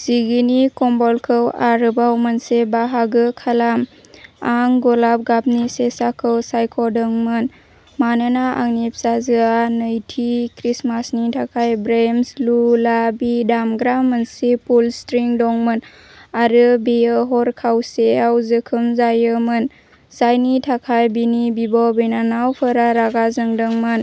जिगिनि कम्बलखौ आरोबाव मोनसे बाहागो खालाम। आं गलाब गाबनि सेसाखौ सायख'दोंमोन। मानोना आंनि फिसाजोहा नैथि क्रिसमासनि थाखाय ब्रैम्स लुलाबी दामग्रा मोनसे पुल स्ट्रिं दंमोन आरो बेयो हर खावसेयाव जोखोम जायोमोन। जायनि थाखाय बिनि बिब'- बिनानावफोरा रागा जोंदोंमोन।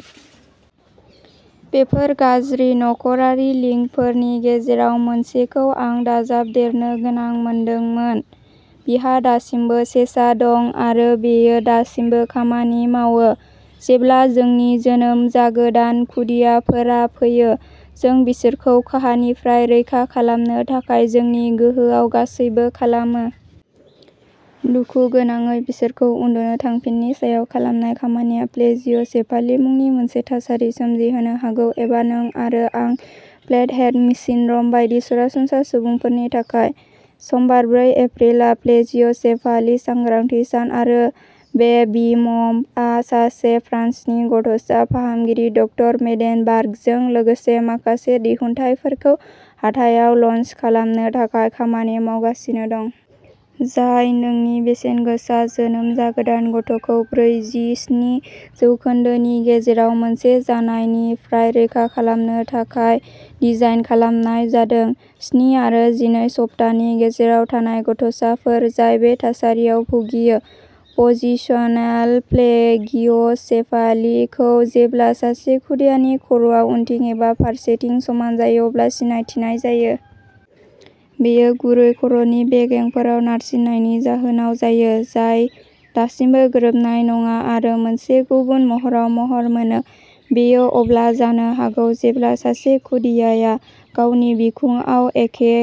बेफोर गाज्रि नख'रारि लिंकफोरनि गेजेराव मोनसेखौ आं दाजाबदेरनो गोनां मोनदोंमोन। बिहा दासिमबो सेसा दं आरो बेयो दासिमबो खामानि मावो। जेब्ला जोंनि जोनोम जागोदान खुदियाफोरा फैयो, जों बिसोरखौ खहानिफ्राय रैखा खालामनो थाखाय जोंनि गोहोआव गासैबो खालामो। दुखुगोनाङै बिसोरखौ उन्दुनो थांफिननि सायाव खालामनाय खामानिया प्लेजिय'सेफाली मुंनि मोनसे थासारि सोमजिहोनो हागौ। एबा नों आरो आं फ्लेट हेड सिन्ड्रम बायदि सरासनस्रा सुबुंफोरनि थाखाय। समबार ब्रै एप्रिलआ प्लेजिय'सेफाली सांग्रांथि सान आरो बेबिम'भआ सासे फ्रान्सनि गथ'सा फाहामगिरि डक्टर मेडेनबार्गजों लोगोसे माखासे दिहुनथायफोरखौ हाथायाव ल'न्च खालामनो थाखाय खामानि मावगासिनो दं। जाय नोंनि बेसेनगोसा जोनोम जागोदान गथ'खौ ब्रैजिस्नि जौखोन्दो नि गेजेराव मोनसे जानायनिफ्राय रैखा खालामनो थाखाय डिजाइन खालामनाय जादों। स्नि आरो जिनै सप्तानि गेजेराव थानाय गथ'साफोर जाय बे थासारियाव भुगियो। पजिशनेल प्लेगिय'सेफालि खौ जेब्ला सासे खुदियानि खर'आ उनथिं एबा फारसेथिं समान जायो अब्ला सिनायथिनाय जायो। बेयो गुरै खर'नि बेगेंफोराव नारसिननायनि जाहोनाव जायो। जाय दासिमबो गोरोबनाय नङा आरो मोनसे गुबुन महराव महर मोनो। बेयो अब्ला जानो हागौ जेब्ला सासे खुदियाया गावनि बिखुंआव एखे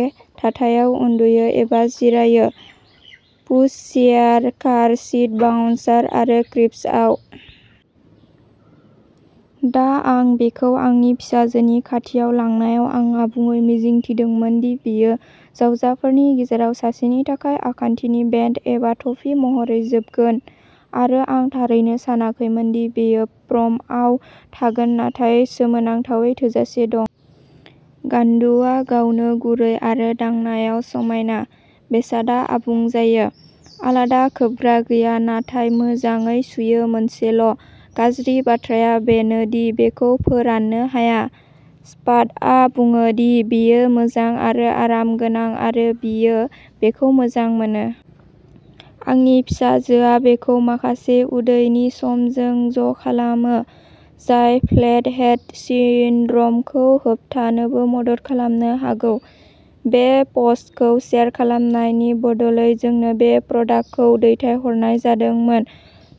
थाथायाव उन्दुयो एबा जिरायो। पुशचेयार कार सिट बाउन्सार आरो क्रिब्सआव। दा आं बेखौ आंनि फिसाजोनि खाथियाव लांनायाव आं आबुङै मिजिंथिदोंमोन दि बेयो जावजाफोरनि गेजेराव सासेनि थाखाय आखान्थिनि बेन्ड एबा थफि महरै जोबगोन आरो आं थारैनो सानाखैमोन दि बेयो प्रमआव थागोन नाथाय सोमोनांथावै थोजासे दं। गान्दुआ गावनो गुरै आरो दांनायाव समायना। बेसादआ आबुं जायो। आलादा खोबग्रा गैया नाथाय मोजाङै सुयो मोनसेल'। गाज्रि बाथ्राया बेनो दि बेखौ फोराननो हाया। स्पाडआ बुङो दि बेयो मोजां आरो आरामगोनां आरो बियो बेखौ मोजां मोनो। आंनि फिसाजोआ बेखौ माखासे उदैनि समजों ज'खालामो। जाय फ्लेट हेड सिन्ड्रमखौ होबथानोबो मदद खालामनो हागौ। बे प'स्टखौ शेयार खालामनायनि बदलै जोंनो बे प्रडाक्टखौ दैथायहरनाय जादोंमोन।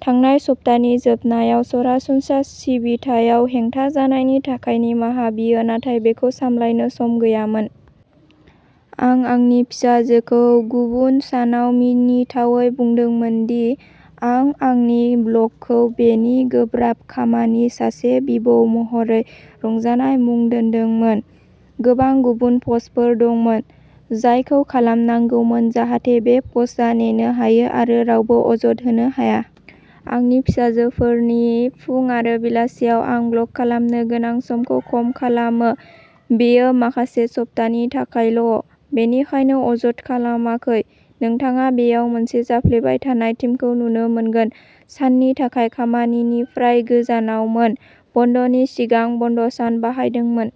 थांनाय सप्तानि जोबनायाव सरासनस्रा सिबिथायाव हेंथा जानायनि थाखाय निमाहा बियो नाथाय बेखौ सामलायनो सम गैयामोन। आं आंनि फिसाजोखौ गुबुन सानाव मिनिथावै बुंदोंमोन दि आं आंनि ब्लगखौ बेनि गोब्राब खामानि सासे बिबौ महरै रंजानाय मुं दोन्दोंमोन। गोबां गुबुन प'स्टफोर दंमोन। जायखौ खालामनांगौमोन जाहाथे बे प'स्टआ नेनो हायो आरो रावबो अजद होनो हाया। आंनि फिसाजोफोरनि फुं आरो बेलासियाव आं ब्लग खालामनो गोनां समखौ खम खालामो। बेयो माखासे सप्तानि थाखायल' बेनिखायनो अजद खालामाखै। नोंथाङा बेयाव मोनसे जाफ्लेबाय थानाय थिमखौ नुनो मोनगोन। साननि थाखाय खामानिनिफ्राय गोजानावमोन। बन्द'नि सिगां बन्द'सान बाहायदोंमोन।